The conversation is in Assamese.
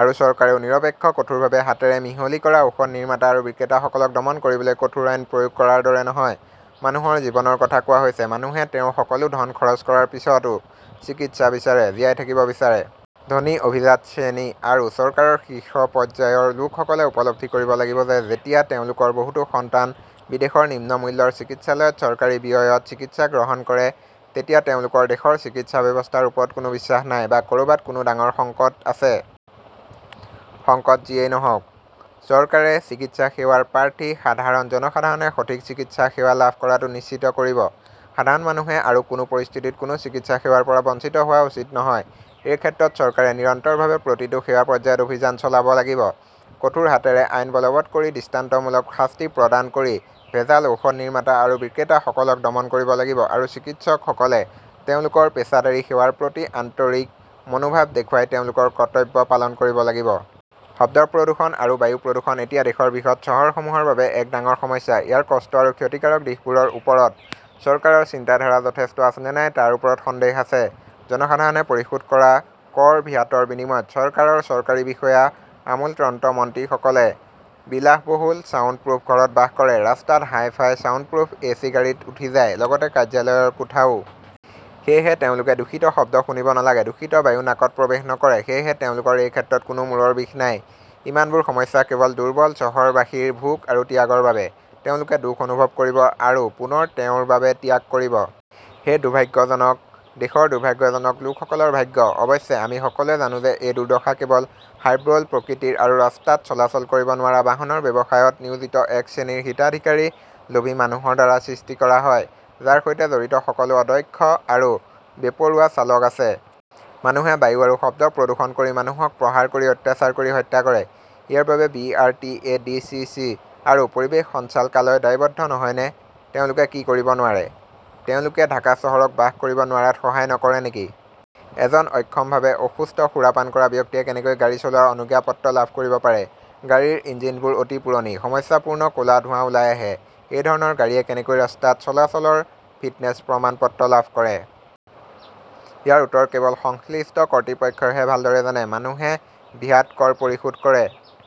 আৰু চৰকাৰেও নিৰপেক্ষ, কঠোৰভাৱে হাতেৰে মিহলি কৰা ঔষধ নিৰ্মাতা আৰু বিক্ৰেতাসকলক দমন কৰিবলৈ কঠোৰ আইন প্ৰয়োগ কৰাৰ দৰে নহয়। মানুহৰ জীৱনৰ কথা কোৱা হৈছে, মানুহে তেওঁৰ সকলো ধন খৰচ কৰাৰ পিছতো চিকিৎসা বিচাৰে, জীয়াই থাকিব বিচাৰে। ধনী অভিজাত শ্ৰেণী আৰু চৰকাৰৰ শীৰ্ষ পৰ্যায়ৰ লোকসকলে উপলব্ধি কৰিব লাগিব যে, যেতিয়া তেওঁলোকৰ বহুতো সন্তান বিদেশৰ নিম্ন মূল্যৰ চিকিৎসালয়ত চৰকাৰী ব্যয়ত চিকিৎসা গ্ৰহণ কৰে, তেতিয়া তেওঁলোকৰ দেশৰ চিকিৎসা ব্যৱস্থাৰ ওপৰত কোনো বিশ্বাস নাই, বা ক'ৰবাত কোনো ডাঙৰ সংকট আছে। সংকট যিয়েই নহওঁক, চৰকাৰে চিকিৎসা সেৱাৰ প্ৰাৰ্থী সাধাৰণ জনসাধাৰণে সঠিক চিকিৎসা সেৱা লাভ কৰাটো নিশ্চিত কৰিব। সাধাৰণ মানুহে আৰু কোনো পৰিস্থিতিত কোনো চিকিৎসা সেৱাৰ পৰা বঞ্চিত হোৱা উচিত নহয়। এই ক্ষেত্ৰত চৰকাৰে নিৰন্তৰভাৱে প্ৰতিটো সেৱা পৰ্যায়ত অভিযান চলাব লাগিব, কঠোৰ হাতেৰে আইন বলৱৎ কৰি দৃষ্টান্তমূলক শাস্তি প্ৰদান কৰি ভেজাল ঔষধ নিৰ্মাতা আৰু বিক্ৰেতাসকলক দমন কৰিব লাগিব, আৰু চিকিৎসকসকলে তেওঁলোকৰ পেছাদাৰী সেৱাৰ প্ৰতি আন্তৰিক মনোভাৱ দেখুৱাই তেওঁলোকৰ কৰ্তব্য পালন কৰিব লাগিব। শব্দ প্ৰদূষণ আৰু বায়ু প্ৰদূষণ এতিয়া দেশৰ বৃহৎ চহৰসমূহৰ বাবে এক ডাঙৰ সমস্যা। ইয়াৰ কষ্ট আৰু ক্ষতিকাৰক দিশবোৰৰ ওপৰত চৰকাৰৰ চিন্তাধাৰা যথেষ্ট আছে নে নাই তাৰ ওপৰত সন্দেহ আছে। জনসাধাৰণে পৰিশোধ কৰা কৰ ভ্যাটৰ বিনিময়ত চৰকাৰৰ চৰকাৰী বিষয়া, আমোলাতন্ত্ৰ মন্ত্ৰীসকলে বিলাসবহুল ছাউণ্ড প্ৰুফ ঘৰত বাস কৰে, ৰাস্তাত হাইফাই ছাউণ্ড প্ৰুফ এচি গাড়ীত উঠি যায়, লগতে কাৰ্যালয়ৰ কোঠাও। সেয়েহে, তেওঁলোকে দূষিত শব্দ শুনিব নালাগে, দূষিত বায়ু নাকত প্ৰৱেশ নকৰে। সেয়েহে, তেওঁলোকৰ এই ক্ষেত্ৰত কোনো মূৰৰ বিষ নাই। ইমানবোৰ সমস্যা কেৱল দুৰ্বল চহৰবাসীৰ ভোগ আৰু ত্যাগৰ বাবে। তেওঁলোকে দুখ অনুভৱ কৰিব, আৰু পুনৰ তেওঁৰ বাবে ত্যাগ কৰিব। হে দুৰ্ভাগ্যজনক দেশৰ দুৰ্ভাগ্যজনক লোকসকলৰ ভাগ্য! অৱশ্যে, আমি সকলোৱে জানো যে এই দুৰ্দশা কেৱল হাইব্ৰল প্ৰকৃতিৰ আৰু ৰাস্তাত চলাচল কৰিব নোৱাৰা বাহনৰ ব্যৱসায়ত নিয়োজিত এক শ্ৰেণীৰ হিতাধিকাৰী লোভী মানুহৰ দ্বাৰা সৃষ্টি কৰা হয়, যাৰ সৈতে জড়িত সকলো অদক্ষ আৰু বেপৰোৱা চালক আছে। মানুহে বায়ু আৰু শব্দ প্ৰদূষণ কৰি মানুহক প্ৰহাৰ কৰি অত্যাচাৰ কৰি হত্যা কৰে। ইয়াৰ বাবে B. R. T. A. D. C. C. আৰু পৰিৱেশ সঞ্চালকালয় দায়বদ্ধ নহয়নে? তেওঁলোকে কি কৰিব নোৱাৰে? তেওঁলোকে ঢাকা চহৰক বাস কৰিব নোৱাৰাত সহায় নকৰে নেকি? এজন অক্ষমভাৱে অসুস্থ সুৰাপান কৰা ব্যক্তিয়ে কেনেকৈ গাড়ী চলোৱাৰ অনুজ্ঞাপত্ৰ লাভ কৰিব পাৰে? গাড়ীৰ ইঞ্জিনবোৰ অতি পুৰণি, সমস্যাপূৰ্ণ, ক 'লা ধোঁৱা ওলাই আহে, এই ধৰণৰ গাড়ীয়ে কেনেকৈ ৰাস্তাত চলাচলৰ ফিটনেছ প্ৰমাণপত্ৰ লাভ কৰে? ইয়াৰ উত্তৰ কেৱল সংশ্লিষ্ট কৰ্তৃপক্ষইহে ভালদৰে জানে। মানুহে ভ্যাট-কৰ পৰিশোধ কৰে।